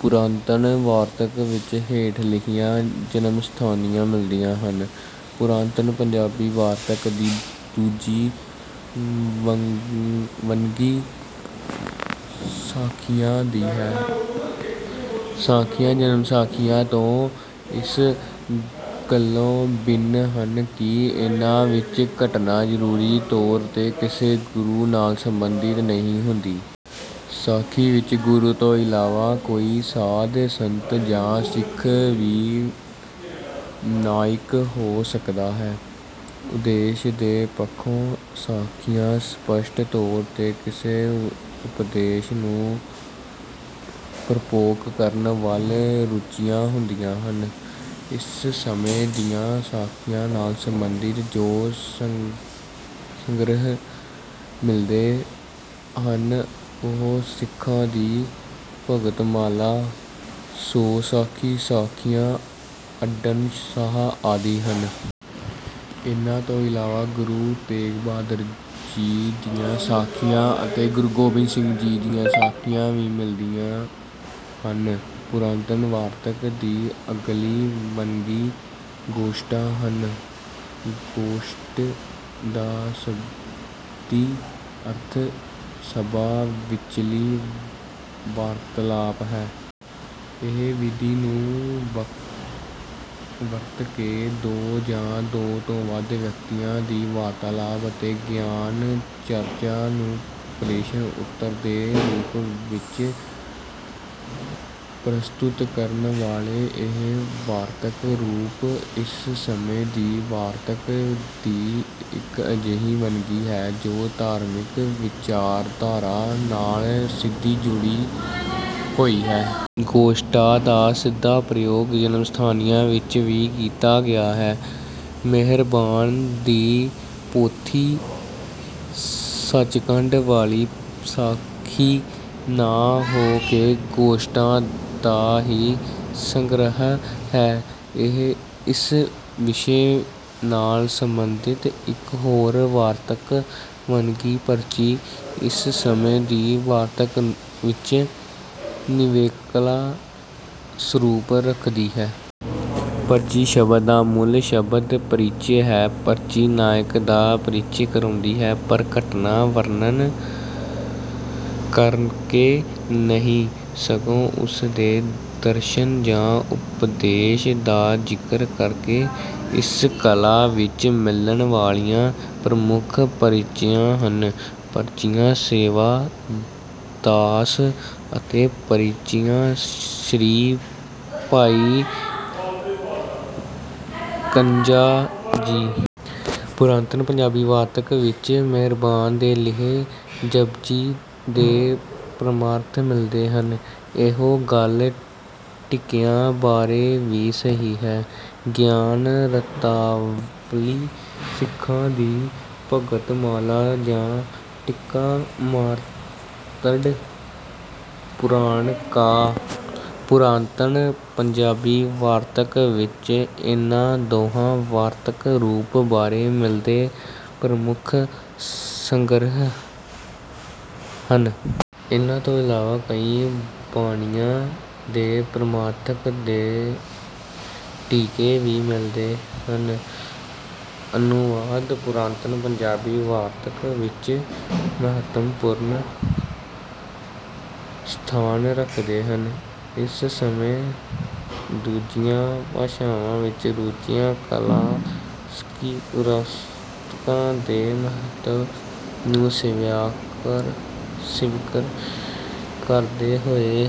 ਪੁਰਾਤਨ ਵਾਰਤਕ ਵਿੱਚ ਹੇਠ ਲਿਖੀਆਂ ਜਨਮਸਥਾਨੀਆਂ ਮਿਲਦੀਆਂ ਹਨ। ਪੁਰਾਤਨ ਪੰਜਾਬੀ ਵਾਰਤਕ ਦੀ ਦੂਜੀ ਵੰਨਗੀ ਸਾਖੀਆਂ ਦੀ ਹੈ। ਸਾਖੀਆਂ ਜਨਮਸਾਖੀਆਂ ਤੋਂ ਇਸ ਗੱਲੋਂ ਭਿੰਨ ਹਨ ਕਿ ਇਨ੍ਹਾਂ ਵਿੱਚ ਘਟਨਾ ਜ਼ਰੂਰੀ ਤੌਰ ’ਤੇ ਕਿਸੇ ਗੁਰੂ ਨਾਲ ਸੰਬੰਧਿਤ ਨਹੀਂ ਹੁੰਦੀ। ਸਾਖੀ ਵਿੱਚ ਗੁਰੂ ਤੋਂ ਇਲਾਵਾ ਕੋਈ ਸਾਧ, ਸੰਤ ਜਾਂ ਸਿੱਖ ਵੀ ਨਾਇਕ ਹੋ ਸਕਦਾ ਹੈ। ਉਦੇਸ਼ ਦੇ ਪੱਖੋਂ ਸਾਖੀਆਂ ਸਪੱਸ਼ਟ ਤੌਰ ’ਤੇ ਕਿਸੇ ਉਪਦੇਸ਼ ਨੂੰ ਪ੍ਰਪੋਕ ਕਰਨ ਵੱਲ ਰੁਚਿਆ ਹੁੰਦੀਆਂ ਹਨ। ਇਸ ਸਮੇਂ ਦੀਆਂ ਸਾਖੀਆਂ ਨਾਲ ਸੰਬੰਧਿਤ ਜੋ ਸੰਗ੍ਰਹਿ ਮਿਲਦੇ ਹਨ, ਉਹ ‘ਸਿੱਖਾਂ ਦੀ ਭਗਤਮਾਲਾ’, ‘ਸੌ ਸਾਖੀ’, ‘ਸਾਖੀਆਂ ਅੱਡਣ ਸ਼ਾਹ’ ਆਦਿ ਹਨ। ਇਨ੍ਹਾਂ ਤੋਂ ਇਲਾਵਾ ਗੁਰੂ ਤੇਗ ਬਹਾਦਰ ਜੀ ਦੀਆਂ ਸਾਖੀਆਂ ਅਤੇ ਗੁਰੂ ਗੋਬਿੰਦ ਸਿੰਘ ਜੀ ਦੀਆਂ ਸਾਖੀਆਂ ਵੀ ਮਿਲਦੀਆਂ ਹਨ। ਪੁਰਾਤਨ ਵਾਰਤਕ ਦੀ ਅਗਲੀ ਵੰਨਗੀ ਗੋਸ਼ਟਾਂ ਹਨ। ਗੋਸ਼ਟਿ ਦਾ ਸ਼ਬਦੀ ਅਰਥ “ਸਭਾ ਵਿਚਲੀ ਵਾਰਤਾਲਾਪ” ਹੈ। ਇਹ ਵਿਧੀ ਨੂੰ ਵਰਤ ਕੇ ਦੋ ਜਾਂ ਦੋ ਤੋਂ ਵੱਧ ਵਿਅਕਤੀਆਂ ਦੀ ਵਾਰਤਾਲਾਪ ਅਤੇ ਗਿਆਨ-ਚਰਚਾ ਨੂੰ ਪ੍ਰਸ਼ਨ-ਉੱਤਰ ਦੇ ਰੂਪ ਵਿੱਚ ਪ੍ਰਸਤੁਤ ਕਰਨ ਵਾਲੇ ਇਹ ਵਾਰਤਕ ਰੂਪ ਇਸ ਸਮੇਂ ਦੀ ਵਾਰਤਕ ਦੀ ਇੱਕ ਅਜਿਹੀ ਵੰਨਗੀ ਹੈ, ਜੋ ਧਾਰਮਿਕ ਵਿਚਾਰਧਾਰਾ ਨਾਲ ਸਿੱਧੀ ਜੁੜੀ ਹੋਈ ਹੈ। ਗੋਸ਼ਟਾਂ ਦਾ ਸਿੱਧਾ ਪ੍ਰਯੋਗ ਜਨਮਸਥਾਨੀਆਂ ਵਿੱਚ ਵੀ ਕੀਤਾ ਗਿਆ ਹੈ। ਮਿਹਰਬਾਨ ਦੀ ਪੋਥੀ ਸਚਖੰਡ ਵਾਲੀ ਸਾਖੀ ਨਾ ਹੋ ਕੇ ਗੋਸ਼ਟਾਂ ਦਾ ਹੀ ਸੰਗ੍ਰਹਿ ਹੈ। ਇਸ ਵਿਸ਼ੇ ਨਾਲ ਸੰਬੰਧਿਤ ਇੱਕ ਹੋਰ ਵਾਰਤਕ ਵੰਨਗੀ ਪਰਚੀ ਇਸ ਸਮੇਂ ਦੀ ਵਾਰਤਕ ਵਿੱਚ ਨਿਵੇਕਲਾ ਸਰੂਪ ਰੱਖਦੀ ਹੈ। ਪਰਚੀ ਸ਼ਬਦ ਦਾ ਮੂਲ ਸ਼ਬਦ ‘ਪਰਿਚਯ’ ਹੈ। ਪਰਚੀ ਨਾਇਕ ਦਾ ਪਰਿਚਯ ਕਰਵਾਉਂਦੀ ਹੈ, ਪਰ ਘਟਨਾ ਵਰਣਨ ਕਰਕੇ ਨਹੀਂ, ਸਗੋਂ ਉਸ ਦੇ ਦਰਸ਼ਨ ਜਾਂ ਉਪਦੇਸ਼ ਦਾ ਜ਼ਿਕਰ ਕਰਕੇ। ਇਸ ਕਲਾ ਵਿੱਚ ਮਿਲਣ ਵਾਲੀਆਂ ਪ੍ਰਮੁੱਖ ਪਰਚੀਆਂ ਹਨ—‘ਪਰਚੀਆਂ ਸੇਵਾ ਦਾਸ’ ਅਤੇ ‘ਪਰਚੀਆਂ ਸ੍ਰੀ ਭਾਈ ਕੰਨ੍ਹੱਜਾ ਜੀ’। ਪੁਰਾਤਨ ਪੰਜਾਬੀ ਵਾਰਤਕ ਵਿੱਚ ਮਿਹਰਬਾਨ ਦੇ ਲਿਖੇ ਜਪੁਜੀ ਦੇ ਪਰਮਾਰਥ ਮਿਲਦੇ ਹਨ। ਇਹੋ ਗੱਲ ਟੀਕਿਆਂ ਬਾਰੇ ਵੀ ਸਹੀ ਹੈ। ‘ਗਿਆਨ ਰਤਨਾਵਲੀ’, ‘ਸਿੱਖਾਂ ਦੀ ਭਗਤਮਾਲਾ’ ਜਾਂ ‘ਟੀਕਾ ਮਾਰਤੰਡ ਪੁਰਾਣ ਕਾ’ ਪੁਰਾਤਨ ਪੰਜਾਬੀ ਵਾਰਤਕ ਵਿੱਚ ਇਨ੍ਹਾਂ ਦੋਹਾਂ ਵਾਰਤਕ-ਰੂਪ ਬਾਰੇ ਮਿਲਦੇ ਪ੍ਰਮੁੱਖ ਸੰਗ੍ਰਹਿ ਹਨ। ਇਨ੍ਹਾਂ ਤੋਂ ਇਲਾਵਾ ਕਈ ਬਾਣੀਆਂ ਦੇ ਪਰਮਾਰਥ ਤੇ ਟੀਕੇ ਵੀ ਮਿਲਦੇ ਹਨ। ਅਨੁਵਾਦ ਪੁਰਾਤਨ ਪੰਜਾਬੀ ਵਾਰਤਕ ਵਿੱਚ ਮਹੱਤਵਪੂਰਨ ਸਥਾਨ ਰੱਖਦੇ ਹਨ। ਇਸ ਸਮੇਂ ਦੂਜੀਆਂ ਭਾਸ਼ਾਵਾਂ ਵਿੱਚ ਰਚੀਆਂ ਕਲਾਸਕੀ ਪੁਸਤਕਾਂ ਦੇ ਮਹੱਤਵ ਨੂੰ ਸਵੀਕਾਰ ਕਰਦੇ ਹੋਏ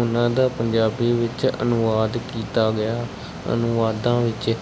ਉਨ੍ਹਾਂ ਦਾ ਪੰਜਾਬੀ ਵਿੱਚ ਅਨੁਵਾਦ ਕੀਤਾ ਗਿਆ। ਅਨੁਵਾਦਾਂ ਵਿੱਚ...